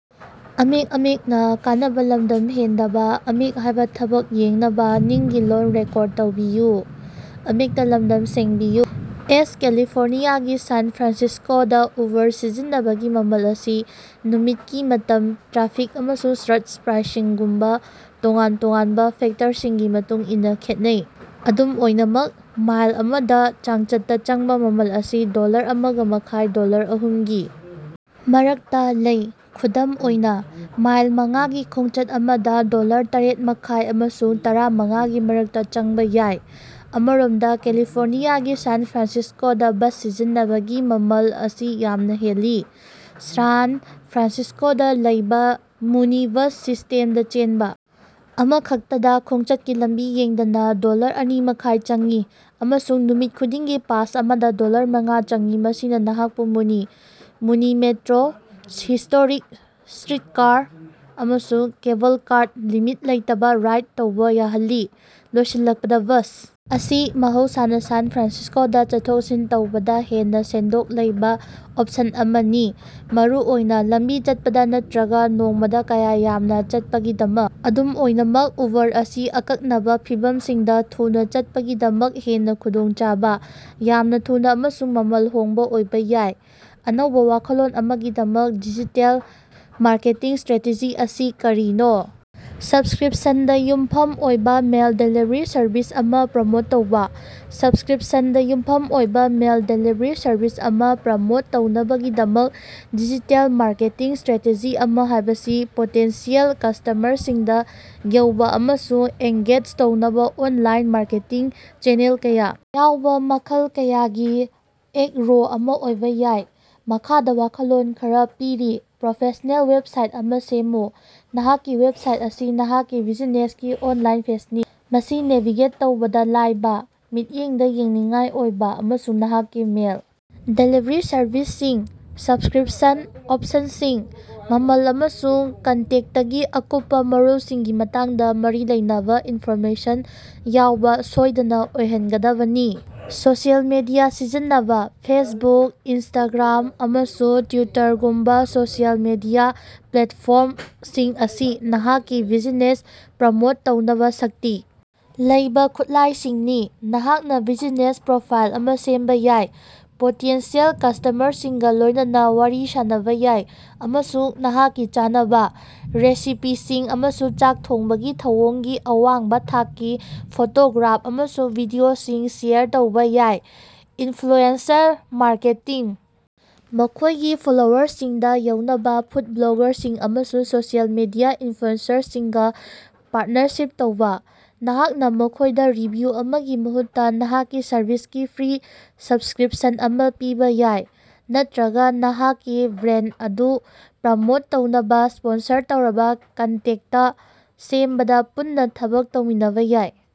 ꯑꯦꯁ ꯀꯦꯂꯤꯐꯣꯔꯅꯤꯌꯥꯒꯤ ꯁꯥꯟ ꯐ꯭ꯔꯥꯟꯁꯤꯁꯀꯣꯗ ꯎꯕꯥꯔ ꯁꯤꯖꯤꯟꯅꯕꯒꯤ ꯃꯃꯜ ꯑꯁꯤ ꯅꯨꯃꯤꯠꯀꯤ ꯃꯇꯝ, ꯇ꯭ꯔꯥꯐꯤꯛ ꯑꯃꯁꯨꯡ ꯁꯔꯖ ꯄ꯭ꯔꯥꯏꯁꯤꯡꯒꯨꯝꯕ ꯇꯣꯉꯥꯟ ꯇꯣꯉꯥꯟꯕ ꯐꯦꯛꯇꯔꯁꯤꯡꯒꯤ ꯃꯇꯨꯡ ꯏꯟꯅ ꯈꯦꯠꯅꯩ꯫ ꯑꯗꯨꯝ ꯑꯣꯏꯅꯃꯛ ꯃꯥꯏꯜ ꯑꯃꯗ ꯆꯥꯡꯆꯠꯇ ꯆꯪꯕ ꯃꯃꯜ ꯑꯁꯤ ꯗꯣꯂꯔ ꯑꯃꯒ ꯃꯈꯥꯏ ꯗꯣꯂꯔ ꯑꯍꯨꯝꯒꯤ ꯃꯔꯛꯇ ꯂꯩ꯫ ꯈꯨꯗꯝ ꯑꯣꯏꯅ, ꯃꯥꯏꯜ ꯃꯉꯥꯒꯤ ꯈꯣꯡꯆꯠ ꯑꯃꯗ ꯗꯣꯂꯔ ꯇꯔꯦꯠ ꯃꯈꯥꯏ ꯑꯃꯁꯨꯡ ꯇꯔꯥꯃꯉꯥꯒꯤ ꯃꯔꯛꯇ ꯆꯪꯕ ꯌꯥꯏ꯫ ꯑꯃꯔꯣꯝꯗ ꯀꯦꯂꯤꯐꯣꯔꯅꯤꯌꯥꯒꯤ ꯁꯥꯟ ꯐ꯭ꯔꯥꯟꯁꯤꯁꯀꯣꯗ ꯕꯁ ꯁꯤꯖꯤꯟꯅꯕꯒꯤ ꯃꯃꯜ ꯑꯁꯤ ꯌꯥꯝꯅ ꯍꯦꯜꯂꯤ꯫ ꯁꯥꯟ ꯐ꯭ꯔꯥꯟꯁꯤꯁꯀꯣꯗꯥ ꯂꯩꯕ ꯃꯨꯅꯤ ꯕꯁ ꯁꯤꯁ꯭ꯇꯦꯝꯗ ꯆꯦꯟꯕ ꯑꯃꯈꯛꯇꯗ ꯈꯣꯡꯆꯠꯀꯤ ꯂꯝꯕꯤ ꯌꯦꯡꯗꯅ ꯗꯣꯂꯔ ꯑꯅꯤ ꯃꯈꯥꯏ ꯆꯪꯏ, ꯑꯃꯁꯨꯡ ꯅꯨꯃꯤꯠ ꯈꯨꯗꯤꯡꯒꯤ ꯄꯥꯁ ꯑꯃꯗ ꯗꯣꯂꯔ ꯃꯉꯥ ꯆꯪꯏ ꯃꯁꯤꯅ ꯅꯍꯥꯛꯄꯨ ꯃꯨꯅꯤ, ꯃꯨꯅꯤ ꯃꯦꯇ꯭ꯔꯣ, ꯍꯤꯁꯇꯣꯔꯤꯛ ꯁ꯭ꯇꯔꯤꯠꯀꯥꯔ, ꯑꯃꯁꯨꯡ ꯀꯦꯕꯜ ꯀꯥꯔꯗ ꯂꯤꯃꯤꯠ ꯂꯩꯇꯕ ꯔꯥꯏꯗ ꯇꯧꯕ ꯌꯥꯍꯜꯂꯤ꯫ ꯂꯣꯏꯁꯤꯜꯂꯛꯄꯗ, ꯕꯁ ꯑꯁꯤ ꯃꯍꯧꯁꯥꯅ ꯁꯥꯟ ꯐ꯭ꯔꯥꯟꯁꯤꯁꯀꯣꯗ ꯆꯠꯊꯣꯛ-ꯆꯠꯁꯤꯟ ꯇꯧꯕꯗ ꯍꯦꯟꯅ‌ ꯁꯦꯟꯗꯣꯡ ꯂꯩꯕ ꯑꯣꯞꯁꯟ ꯑꯃꯅꯤ, ꯃꯔꯨꯑꯣꯏꯅ ꯂꯝꯕꯤ ꯆꯠꯄꯗ ꯅꯠꯇꯔꯒ ꯅꯣꯡꯃꯗ ꯀꯌꯥ ꯌꯥꯝꯅ ꯆꯠꯄꯒꯤꯗꯃꯛ꯫ ꯑꯗꯨꯝ ꯑꯣꯏꯅꯃꯛ ꯎꯕꯥꯔ ꯑꯁꯤ ꯑꯀꯛꯅꯕ ꯐꯤꯚꯝꯁꯤꯡꯗ ꯊꯨꯅ ꯆꯠꯄꯒꯤꯗꯃꯛ ꯍꯦꯟꯅ ꯈꯨꯗꯣꯡꯆꯥꯕ, ꯌꯥꯝꯅ‌ ꯊꯨꯅ ꯑꯃꯁꯨꯡ ꯃꯃꯜ ꯍꯣꯡꯕ‌ ꯑꯣꯏꯕ ꯌꯥꯏ꯫ ꯑꯅꯧꯕꯥ ꯋꯥꯈꯜꯂꯣꯟ ꯑꯃꯒꯤꯗꯃꯛ ꯗꯤꯖꯤꯇꯦꯜ ꯃꯥꯔꯀꯦꯇꯤꯡ ꯁ꯭ꯇꯔꯦꯇꯦꯖꯤ ꯑꯁꯤ ꯀꯔꯤꯅꯣ? ꯁ꯭ꯕꯁꯀ꯭ꯔꯤꯞꯁꯟꯗ ꯌꯨꯝꯐꯝ ꯑꯣꯏꯕ ꯃꯤꯜ ꯗꯦꯂꯤꯚꯔꯤ ꯁꯔꯚꯤꯁ ꯑꯃ ꯄ꯭ꯔꯣꯃꯣꯠ ꯇꯧꯕ꯫ ꯁ꯭ꯕꯁꯀ꯭ꯔꯤꯞꯁꯟꯗ ꯌꯨꯝꯐꯝ ꯑꯣꯏꯕ ꯃꯤꯜ ꯗꯦꯂꯤꯚꯔꯤ ꯁꯔꯚꯤꯁ ꯑꯃ ꯄ꯭ꯔꯃꯣꯠ ꯇꯧꯅꯕꯒꯤꯗꯃꯛ ꯗꯤꯖꯤꯇꯦꯜ ꯃꯥꯔꯀꯦꯇꯤꯡ ꯁ꯭ꯇꯔꯦꯇꯦꯖꯤ ꯑꯃ ꯍꯥꯥꯏꯕꯁꯤ ꯄꯣꯇꯦꯟꯁꯤꯑꯦꯜ ꯀꯁ꯭ꯇꯃꯔꯁꯤꯡꯗ ꯌꯧꯕ ꯑꯃꯁꯨꯡ ꯑꯦꯡꯒꯦꯖ ꯇꯧꯅꯕ ꯑꯣꯟꯂꯥꯏꯟ ꯃꯥꯔꯀꯦꯇꯤꯡ ꯆꯦꯅꯦꯜ ꯀꯌꯥ ꯌꯥꯎꯕ ꯃꯈꯜ ꯀꯌꯥꯒꯤ ꯑꯦꯞꯔꯣꯆ ꯑꯃ ꯑꯣꯏꯕ ꯌꯥꯏ꯫ ꯃꯈꯥꯗ ꯋꯥꯈꯜꯂꯣꯟ ꯈꯔ ꯄꯤꯔꯤ- ꯄ꯭ꯔꯣꯐꯦꯁ꯭ꯅꯦꯜ ꯋꯦꯕꯁꯥꯏꯠ ꯑꯃ ꯁꯦꯝꯃꯨ - ꯅꯍꯥꯛꯀꯤ ꯋꯦꯕꯁꯥꯏꯠ ꯑꯁꯤ ꯅꯍꯥꯛꯀꯤ ꯕ꯭ꯌꯨꯖꯤꯅꯦꯁꯀꯤ ꯑꯣꯟꯂꯥꯏꯟ ꯐꯦꯁꯅꯤ꯫ ꯃꯁꯤ ꯅꯦꯚꯤꯒꯦꯠ ꯇꯧꯕꯗ ꯂꯥꯏꯕ, ꯃꯤꯠꯌꯦꯡꯗ ꯌꯦꯡꯅꯤꯡꯉꯥꯏ ꯑꯣꯏꯕ ꯑꯃꯁꯨꯡ ꯅꯍꯥꯛꯀꯤ ꯃꯤꯜ ꯗꯦꯂꯤꯚꯔꯤ ꯁꯔꯚꯤꯁꯁꯤꯡ, ꯁ꯭ꯕꯁꯀꯔꯤꯞꯁꯟ ꯑꯣꯞꯁꯟꯁꯤꯡ, ꯃꯃꯜ ꯑꯃꯁꯨꯡ ꯀꯟꯇꯦꯛꯇꯀꯤ ꯑꯀꯨꯞꯄ ꯃꯔꯣꯜꯁꯤꯡꯒꯤ ꯃꯇꯥꯡꯗ ꯃꯔꯤ ꯂꯩꯅꯕ ꯏꯟꯐꯣꯔꯃꯦꯁꯟ ꯌꯥꯎꯕ ꯁꯣꯏꯗꯅ ꯑꯣꯏꯍꯟꯒꯗꯕꯅꯤ꯫ ꯁꯣꯁꯤꯑꯦꯜ ꯃꯤꯗꯤꯌꯥ ꯁꯤꯖꯤꯟꯅꯕ - ꯐꯦꯁꯕꯨꯛ, ꯏꯟꯁꯇꯥꯒ꯭ꯔꯥꯝ ꯑꯃꯁꯨꯡ ꯇ꯭ꯌꯨꯇꯔꯒꯨꯝꯕꯥ ꯁꯣꯁꯤꯑꯦꯜ ꯃꯤꯗꯤꯌꯥ ꯄ꯭ꯂꯦꯠꯐꯣꯔꯝꯁꯤꯡ ꯑꯁꯤ ꯅꯍꯥꯛꯀꯤ ꯕꯤꯖꯤꯅꯦꯁ ꯄ꯭ꯔꯃꯣꯠ ꯇꯧꯅꯕ‌ ꯁꯛꯇꯤ ꯂꯩꯕ‌ ꯈꯨꯠꯂꯥꯏꯁꯤꯡꯅꯤ꯫ ꯅꯍꯥꯛꯅ ꯕꯤꯖꯤꯅꯦꯁ ꯄ꯭ꯔꯣꯐꯥꯏꯜ ꯑꯃ ꯁꯦꯝꯕ ꯌꯥꯏ, ꯄꯣꯇꯦꯟꯁꯤꯌꯦꯜ ꯀꯁ꯭ꯇꯃꯔꯁꯤꯡꯒ ꯂꯣꯏꯅꯅ ꯋꯥꯔꯤ ꯁꯥꯅꯕ ꯌꯥꯏ, ꯑꯃꯁꯨꯡ ꯅꯍꯥꯛꯀꯤ ꯆꯥꯅꯕ, ꯔꯦꯁꯤꯄꯤꯁꯤꯡ ꯑꯃꯁꯨꯡ ꯆꯥꯛ ꯊꯣꯡꯕꯒꯤ ꯊꯧꯑꯣꯡꯒꯤ ꯑꯋꯥꯡꯕ ꯊꯥꯛꯀꯤ ꯐꯣꯇꯣꯒ꯭ꯔꯥꯐ ꯑꯃꯁꯨꯡ ꯚꯤꯗꯤꯑꯣꯁꯤꯡ ꯁꯦꯌꯔ ꯇꯧꯕ ꯌꯥꯏ꯫ ꯏꯟꯐ꯭ꯂꯨꯑꯦꯟꯁꯔ ꯃꯥꯔꯀꯦꯠꯇꯤꯡ - ꯃꯈꯣꯏꯒꯤ ꯐꯣꯂꯣꯋꯔꯁꯤꯡꯗ ꯌꯧꯅꯕ ꯐꯨꯗ ꯕ꯭ꯂꯣꯒꯥꯔꯁꯤꯡ ꯑꯃꯁꯨꯡ ꯁꯣꯁꯤꯑꯦꯜ ꯃꯤꯗꯤꯌ ꯏꯟꯐ꯭ꯂꯨꯑꯦꯟꯁꯔꯁꯤꯡꯒ‌ ꯄꯥꯔꯇꯅꯔꯁꯤꯞ ꯇꯧꯕ꯫ ꯅꯍꯥꯛꯅ ꯃꯈꯣꯏꯗ ꯔꯤꯚꯤꯌꯨ ꯑꯃꯒꯤ ꯃꯍꯨꯠꯇ ꯅꯍꯥꯛꯀꯤ ꯁꯔꯚꯤꯁꯀꯤ ꯐ꯭ꯔꯤ ꯁ꯭ꯕꯁꯀ꯭ꯔꯤꯞꯁꯟ ꯑꯃ ꯄꯤꯕ ꯌꯥꯏ, ꯅꯠꯇꯔꯒ ꯅꯍꯥꯛꯀꯤ ꯕ꯭ꯔꯥꯟꯗ ꯑꯗꯨ ꯄ꯭ꯔꯃꯣꯠ ꯇꯧꯅꯕ ꯁ꯭ꯄꯣꯟꯁꯔ ꯇꯧꯔꯕ ꯀꯟꯇꯦꯟꯇ ꯁꯦꯝꯕꯗ ꯄꯨꯟꯅ‌ ꯊꯕꯛ ꯇꯧꯃꯤꯟꯅꯕ ꯌꯥꯏ꯫